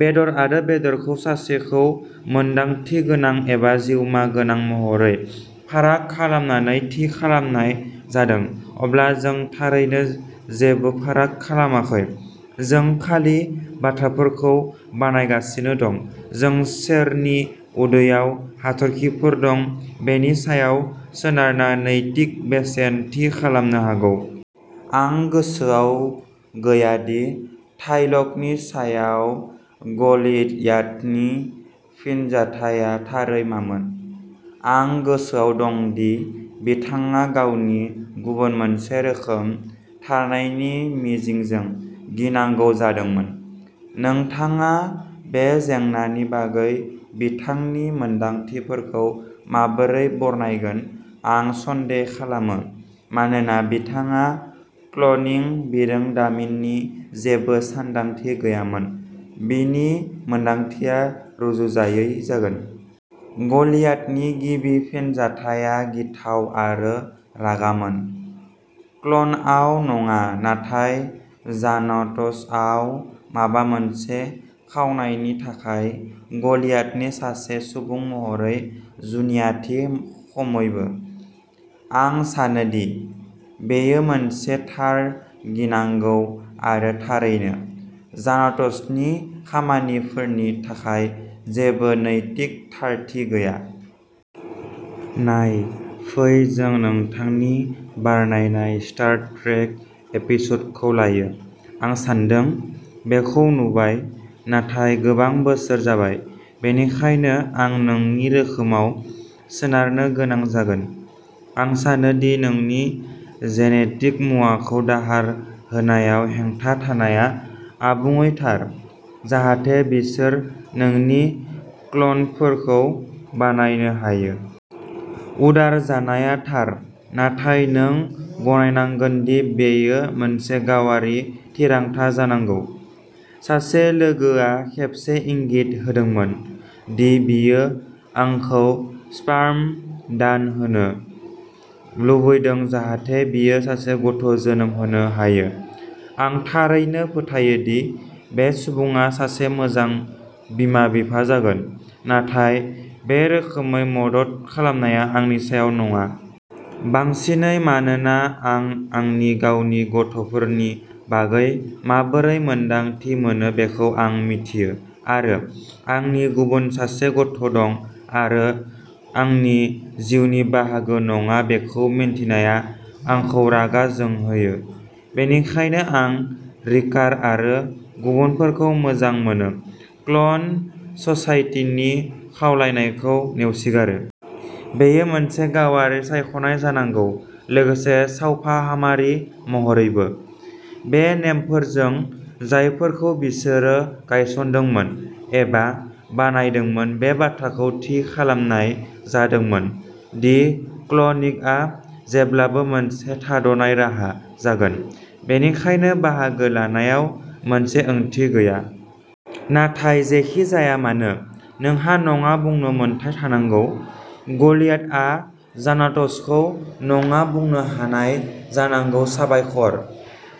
बेदर आरो बेदरखौ सासेखौ मोनदांथि गोनां एबा जिउमा गोनां महरै फाराग खालामनानै थि खालामनाय जादों, अब्ला जों थारैनो जेबो फाराग खालामाखै। जों खालि बाथ्राफोरखौ बानायगासिनो दं। जों सोरनि उदैयाव हाथरखिफोर दं बेनि सायाव सोनारना नैतिक बेसेन थि खालामनो हागौ। आं गोसोआव गैया दि थायलगनि सायाव गलियाथनि फिनजाथाया थारै मामोन। आं गोसोआव दं दि बिथाङा गावनि गुबुन मोनसे रोखोम थानायनि मिजिंजों गिनांगौ जादोंमोन। नोंथाङा बे जेंनानि बागै बिथांनि मोनदांथिफोरखौ माबोरै बरनायगोन। आं सन्देह खालामो मानोना बिथांहा क्लनिं बिरोंदामिननि जेबो सानदांथि गैयामोन, बिनि मोनदांथिया रुजुजायै जागोन। गलियाथनि गिबि फिनजाथाया गिथाव आरो रागामोन। क्ल'नआव नङा, नाथाय जानाट'सआव माबा मोनसे खावनायनि थाखाय गलियाथनि सासे सुबुं महरै जुनियाथि, खमैबो। आं सानोदि बेयो मोनसे थार गिनांगौ आरो थारैनो, जानाट'सनि खामानिफोरनि थाखाय जेबो नैतिक थारथि गैया। नाय, फै जों नोंथांनि बरनायनाय स्टार ट्रेक एपिसडखौ लायो। आं सानदों। बेखौ नुबाय, नाथाय गोबां बोसोर जाबाय, बेनिखायनो आं नोंनि रोखोमाव सोनारनो गोनां जागोन। आं सानो दि नोंनि जेनेटिक मुवाखौ दाहार होनायाव हेंथा थानाया आबुङै थार, जाहाथे बिसोर नोंनि क्ल'नफोरखौ बानायनो हायो। उदार जानाया थार, नाथाय नों गनायनांगोन दि बेयो मोनसे गावारि थिरांथा जानांगौ। सासे लोगोआ खेबसे इंगित होदोंमोन दि बियो आंखौ स्पार्म दान होनो लुबैदों जाहाथे बियो सासे गथ' जोनोम होनो हायो। आं थारैनो फोथायो दि बे सुबुङा सासे मोजां बिमा-बिफा जागोन, नाथाय बे रोखोमै मदद खालामनाया आंनि सायाव नङा। बांसिनै मानोना आं आंनि गावनि गथ'फोरनि बागै माबोरै मोन्दांथि मोनो बेखौ आं मिथियो आरो आंनि गुबुन सासे गथ' दं आरो आंनि जिउनि बाहागो नङा बेखौ मिन्थिनाया आंखौ रागा जोंहोयो। बेनिखायनो आं रिकार आरो गुबुनफोरखौ मोजां मोनो, क्ल'न ससाइटिनि खावलायनायखौ नेवसिगारो। बेयो मोनसे गावारि सायख'नाय जानांगौ। लोगोसे, सावफाहामारि महरैबो। बे नेमफोरजों, जायफोरखौ बिसोरो गायसनदोंमोन एबा बानायदोंमोन बे बाथ्राखौ थि खालामनाय जादोंमोन दि क्लनिंआ जेब्लाबो मोनसे थाद'नाय राहा जागोन। बेनिखायनो बाहागो लानायाव मोनसे ओंथि गैया। नाथाय जेखि जाया मानो। नोंहा नङा बुंनो मोन्थाइ थानांगौ। गलियाथआ जानाट'सखौ नङा बुंनो हानाय जानांगौ साबायखर,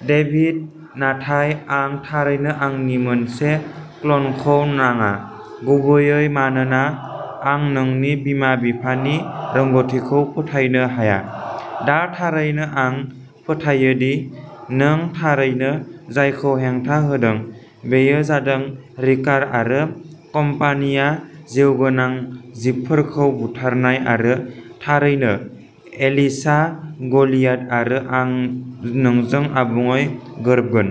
डेभिड, नाथाय आं थारैनो आंनि मोनसे क्ल'नखौ नाङा, गुबैयै मानोना आं नोंनि बिमा-बिफानि रोंग'थिखौ फोथायनो हाया। दा थारैनो, आं फोथायो दि नों थारैनो जायखौ हेंथा होदों बेयो जादों रिकार आरो कम्पानिया जिउगोनां जिबफोरखौ बुथारनाय आरो थारैनो एलिसा, गलियाथ आरो आं नोंजों आबुङै गोरोबगोन।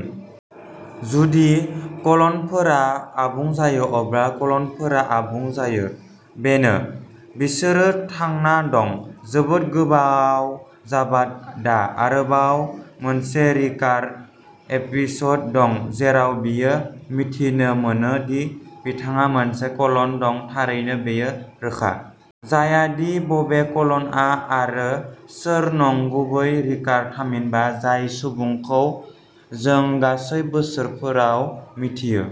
जुदि क्ल'नफोरा आबुं जायो, अब्ला क्ल'नफोरा आबुं जायो। बेनो। बिसोरो थांना दं। जोबोद गोबाव जाबाय दा, आरोबाव मोनसे रिकार एपिस'ड दं जेराव बियो मिथिनो मोनो दि बिथांहा मोनसे क्ल'न दं थारैनो बेयो रोखा जाया दि बबे क्ल'नआ आरो सोर नंगुबै रिकार थामहिनबा जाय सुबुंखौ जों गासै बोसोरफोराव मिथियो,